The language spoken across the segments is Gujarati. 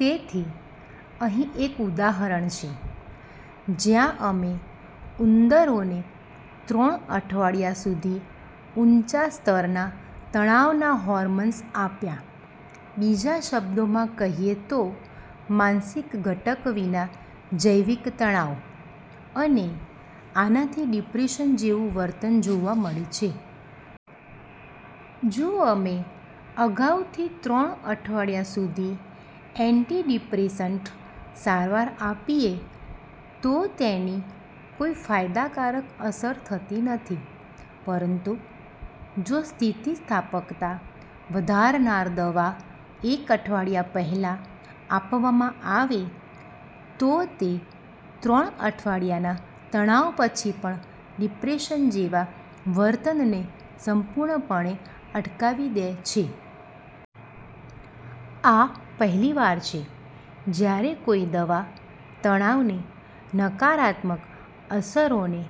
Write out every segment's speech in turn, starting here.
તેથી અહીં એક ઉદાહરણ છે, જ્યાં અમે ઉંદરોને ત્રણ અઠવાડિયા સુધી ઊંચા સ્તરના તણાવના હોર્મોન્સ આપ્યા. બીજા શબ્દોમાં કહીએ તો, માનસિક ઘટક વિના જૈવિક તણાવ. અને આનાથી ડિપ્રેશન જેવું વર્તન જોવા મળે છે. જો અમે અગાઉથી ત્રણ અઠવાડિયા સુધી એન્ટીડિપ્રેસન્ટ સારવાર આપીએ, તો તેની કોઈ ફાયદાકારક અસર થતી નથી. પરંતુ જો સ્થિતિસ્થાપકતા વધારનાર દવા એક અઠવાડિયા પહેલાં આપવામાં આવે, તો તે ત્રણ અઠવાડિયાના તણાવ પછી પણ ડિપ્રેશન જેવા વર્તનને સંપૂર્ણપણે અટકાવી દે છે. આ પહેલીવાર છે જ્યારે કોઈ દવા તણાવની નકારાત્મક અસરોને,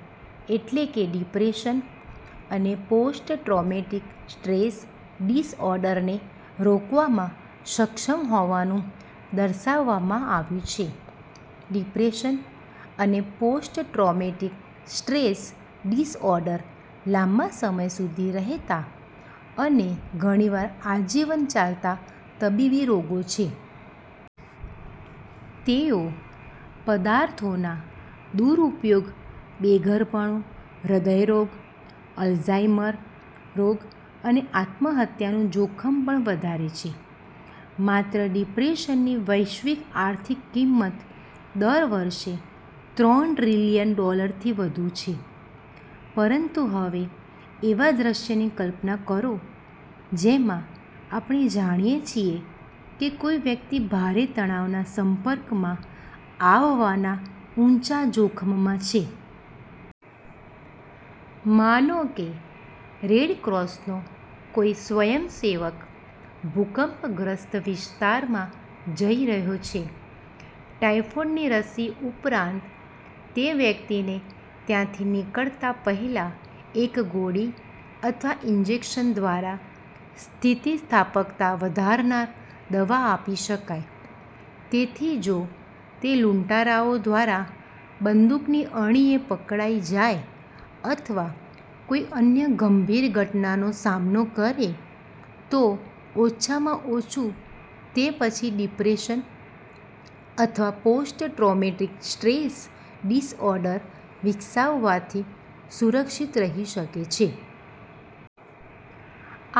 એટલે કે ડિપ્રેશન અને પોસ્ટ-ટ્રોમેટિક સ્ટ્રેસ ડિસઓર્ડરને, રોકવામાં સક્ષમ હોવાનું દર્શાવવામાં આવ્યું છે. ડિપ્રેશન અને પોસ્ટ-ટ્રોમેટિક સ્ટ્રેસ ડિસઓર્ડર લાંબા સમય સુધી રહેતા અને ઘણીવાર આજીવન ચાલતા તબીબી રોગો છે. તેઓ પદાર્થોના દુરૂપયોગ, બેઘરપણું, હૃદયરોગ, અલ્ઝાઇમર રોગ અને આત્મહત્યાનું જોખમ પણ વધારે છે. માત્ર ડિપ્રેશનની વૈશ્વિક આર્થિક કિંમત દર વર્ષે ત્રણ ટ્રિલિયન ડોલરથી વધુ છે. પરંતુ હવે એવા દૃશ્યની કલ્પના કરો, જેમાં આપણે જાણીએ છીએ કે કોઈ વ્યક્તિ ભારે તણાવના સંપર્કમાં આવવાના ઊંચા જોખમમાં છે. માનો કે રેડ ક્રોસનો કોઈ સ્વયંસેવક ભૂકંપગ્રસ્ત વિસ્તારમાં જઈ રહ્યો છે. ટાઇફોઇડની રસી ઉપરાંત, તે વ્યક્તિને ત્યાંથી નીકળતા પહેલાં એક ગોળી અથવા ઇન્જેક્શન દ્વારા સ્થિતિસ્થાપકતા વધારનાર દવા આપી શકાય. તેથી જો તે લૂંટારાઓ દ્વારા બંદૂકની અણીએ પકડાઈ જાય અથવા કોઈ અન્ય ગંભીર ઘટનાનો સામનો કરે, તો ઓછામાં ઓછું તે પછી ડિપ્રેશન અથવા પોસ્ટ-ટ્રોમેટિક સ્ટ્રેસ ડિસઓર્ડર વિકસાવવાથી સુરક્ષિત રહી શકે.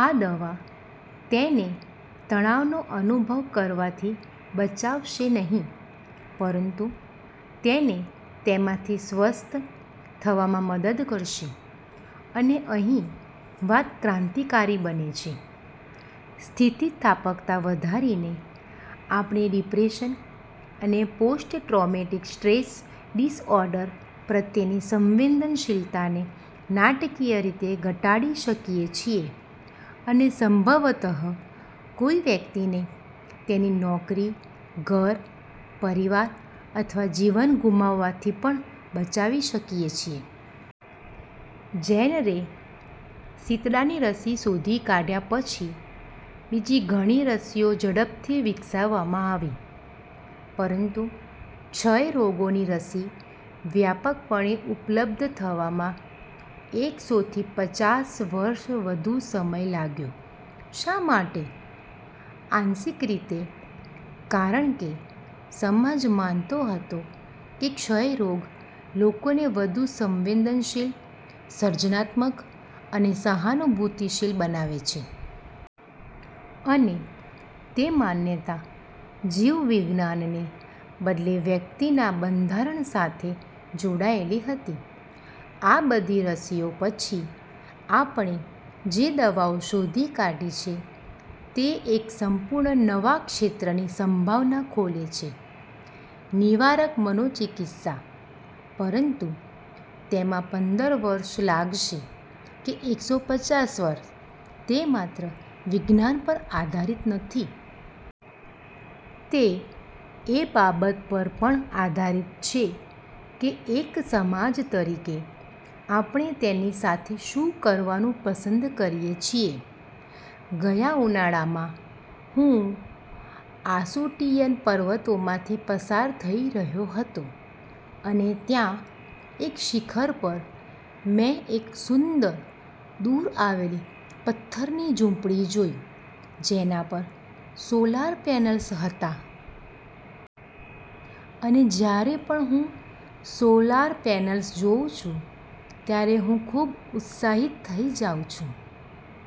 આ દવા તેને તણાવનો અનુભવ કરવાથી બચાવશે નહીં, પરંતુ તેને તેમાંથી સ્વસ્થ થવામાં મદદ કરશે. અને અહીં વાત ક્રાંતિકારી બને છે. સ્થિતિસ્થાપકતા વધારીને આપણે ડિપ્રેશન અને પોસ્ટ-ટ્રોમેટિક સ્ટ્રેસ ડિસઓર્ડર પ્રત્યેની સંવેદનશીલતાને નાટકીય રીતે ઘટાડી શકીએ છીએ, અને સંભવતઃ કોઈ વ્યક્તિને તેની નોકરી, ઘર, પરિવાર અથવા જીવન ગુમાવવાથી પણ બચાવી શકીએ છીએ. જેનરે શીતળાની રસી શોધી કાઢ્યા પછી બીજી ઘણી રસીઓ ઝડપથી વિકસાવવામાં આવી. પરંતુ ક્ષયરોગની રસી વ્યાપકપણે ઉપલબ્ધ થવામાં એકસોથી પચાસ વર્ષથી વધુ સમય લાગ્યો. શા માટે? આંશિક રીતે, કારણ કે સમાજ માનતો હતો કે ક્ષયરોગ લોકોને વધુ સંવેદનશીલ, સર્જનાત્મક અને સહાનુભૂતિશીલ બનાવે છે. અને તે માન્યતા જીવવિજ્ઞાનને બદલે વ્યક્તિના બંધારણ સાથે જોડાયેલી હતી. આ બધી રસીઓ પછી, આપણે જે દવાઓ શોધી કાઢી છે તે એક સંપૂર્ણ નવા ક્ષેત્રની સંભાવના ખોલે છે: નિવારક મનોચિકિત્સા. પરંતુ તેમાં પંદર વર્ષ લાગશે કે એકસો પચાસ વર્ષ, તે માત્ર વિજ્ઞાન પર આધારિત નથી. તે એ બાબત પર પણ આધારિત છે કે એક સમાજ તરીકે આપણે તેની સાથે શું કરવાનું પસંદ કરીએ છીએ. ગયા ઉનાળામાં, હું આસુટીયન પર્વતોમાંથી પસાર થઈ રહ્યો હતો અને ત્યાં, એક શિખર પર, મેં એક સુંદર, દૂર આવેલી પથ્થરની ઝૂંપડી જોઈ, જેના પર સોલર પેનલ્સ હતાં. અને જ્યારે પણ હું સોલર પેનલ્સ જોઉં છું, ત્યારે હું ખૂબ ઉત્સાહિત થઈ જાઉં છું.